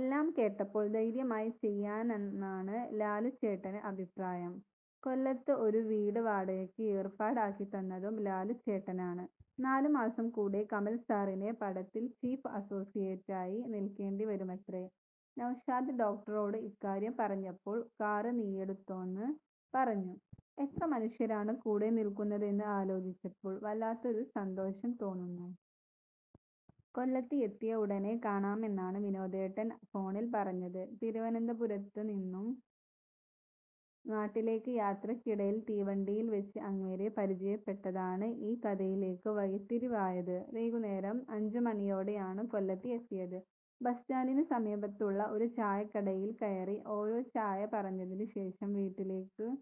എല്ലാം കേട്ടപ്പോൾ ധൈര്യമായി ചെയ്യെന്നാണ് ലാലുച്ചേട്ടന്റെ അഭിപ്രായം. കൊല്ലത്ത് ഒരു വീട് വാടകയ്ക്ക് ഏർപ്പാടാക്കി തന്നതും ലാലുച്ചേട്ടനാണ്. നാലുമാസം കൂടെ കമൽസാറിന്റെ പടത്തിൽ ചീഫ് അസോസിയേറ്റായി നിൽക്കേണ്ടി വരുമത്രേ. നൗഷാദ് ഡോക്ടറോട് ഇക്കാര്യം പറഞ്ഞപ്പോൾ 'കാറ് നീയെടുത്തോന്ന്' പറഞ്ഞു. എത്ര മനുഷ്യരാണ് കൂടെ നിൽക്കുന്നതെന്നു ആലോചിച്ചപ്പോൾ വല്ലാത്തൊരു സന്തോഷം തോന്നുന്നു. കൊല്ലത്ത് എത്തിയ ഉടനെ കാണാമെന്നാണ് വിനോദേട്ടൻ ഫോണിൽ പറഞ്ഞത്. തിരുവനന്തപുരത്തുന്നും നാട്ടിലേക്കുള്ള യാത്രയ്ക്കിടയിൽ തീവണ്ടിയിൽ വെച്ച് അങ്ങേരെ പരിചയപ്പെട്ടതാണ് ഈ കഥയിലേക്കുള്ള വഴിത്തിരിവായത്. വൈകുന്നേരം അഞ്ചുമണിയോടെയാണ് കൊല്ലത്ത് എത്തിയത്. ബസ്സ്റ്റാന്റിനു സമീപത്തുള്ള ഒരു ചായക്കടയിൽ കയറി. ഓരോ ചായ പറഞ്ഞതിനു ശേഷം വീട്ടിലേക്കുള്ള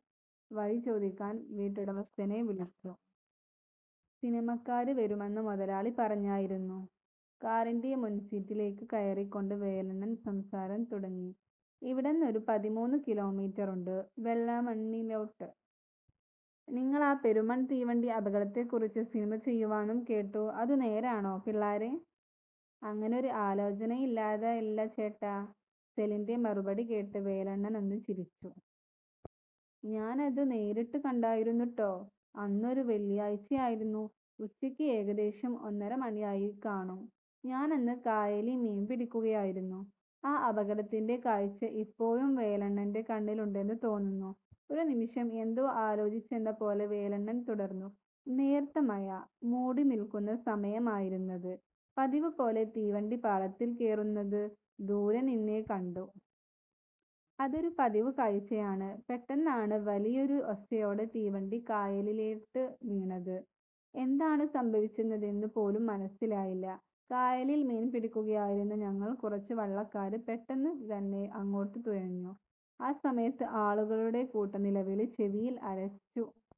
വഴി ചോദിക്കാൻ വീട്ടുടമസ്ഥനെ വിളിച്ചു. സിനിമക്കാര് വരുമെന്ന് മൊതലാളി പറഞ്ഞായിരുന്നു. " കാറിന്റെ മുൻസീറ്റിലേക്ക് കയറിക്കൊണ്ട് വേലണ്ണൻ സംസാരം തുടങ്ങി. "ഇവിടെന്നൊരു പതിമൂന്നു കിലോമീറ്ററുണ്ട് വെള്ളമണ്ണിലോട്ട്. നിങ്ങളാ പെരുമൺ തീവണ്ടി അപകടത്തെക്കുറിച്ച് സിനിമ ചെയ്യുവാന്നും കേട്ടു. അതു നേരാണോ? പിള്ളാരെ" "അങ്ങനൊരു ആലോചനയില്ലാതില്ല ചേട്ടാ. " സെലിന്റെ മറുപടി കേട്ട് വേലണ്ണനൊന്നു ചിരിച്ചു. "ഞാനതു നേരിട്ട് കണ്ടായിരുന്നുട്ടോ... അന്നൊരു വെള്ളിയാഴ്ചയായിരുന്നു. ഉച്ചയ്ക്ക് ഏകദേശം ഒന്നര മണിയായിക്കാണും. ഞാനന്ന് കായലീ മീൻ പിടിക്കായിരുന്നു" ആ അപകടത്തിന്റെ കാഴ്ച ഇപ്പോഴും വേലണ്ണന്റെ കണ്ണിലുണ്ടെന്നു തോന്നുന്നു. ഒരുനിമിഷം എന്തോ ആലോചിച്ചെന്ന പോലെ വേലണ്ണൻ തുടർന്നു. "നേർത്ത മഴ മൂടിനിൽക്കുന്ന സമയമായിരുന്നത്. പതിവുപോലെ തീവണ്ടി പാളത്തിൽ കേറുന്നതു ദൂരെനിന്നേ കണ്ടു. അതൊരു പതിവു കാഴ്ചയാണ് പെട്ടന്നാണ് വലിയൊരു ഒച്ചയോടെ തീവണ്ടി കായലിലോട്ട് വീണത്. എന്താണു സംഭവിച്ചതെന്നു പോലും മനസിലായില്ല. കായലിൽ മീൻപിടിക്കുകയായിരുന്ന ഞങ്ങൾ കുറച്ചുവള്ളക്കാര് പെട്ടെന്നു തന്നെ അങ്ങോട്ടു തുഴഞ്ഞു. ആ സമയത്ത് ആളുകളുടെ കൂട്ടനിലവിളി ചെവിയിൽ അലച്ചു.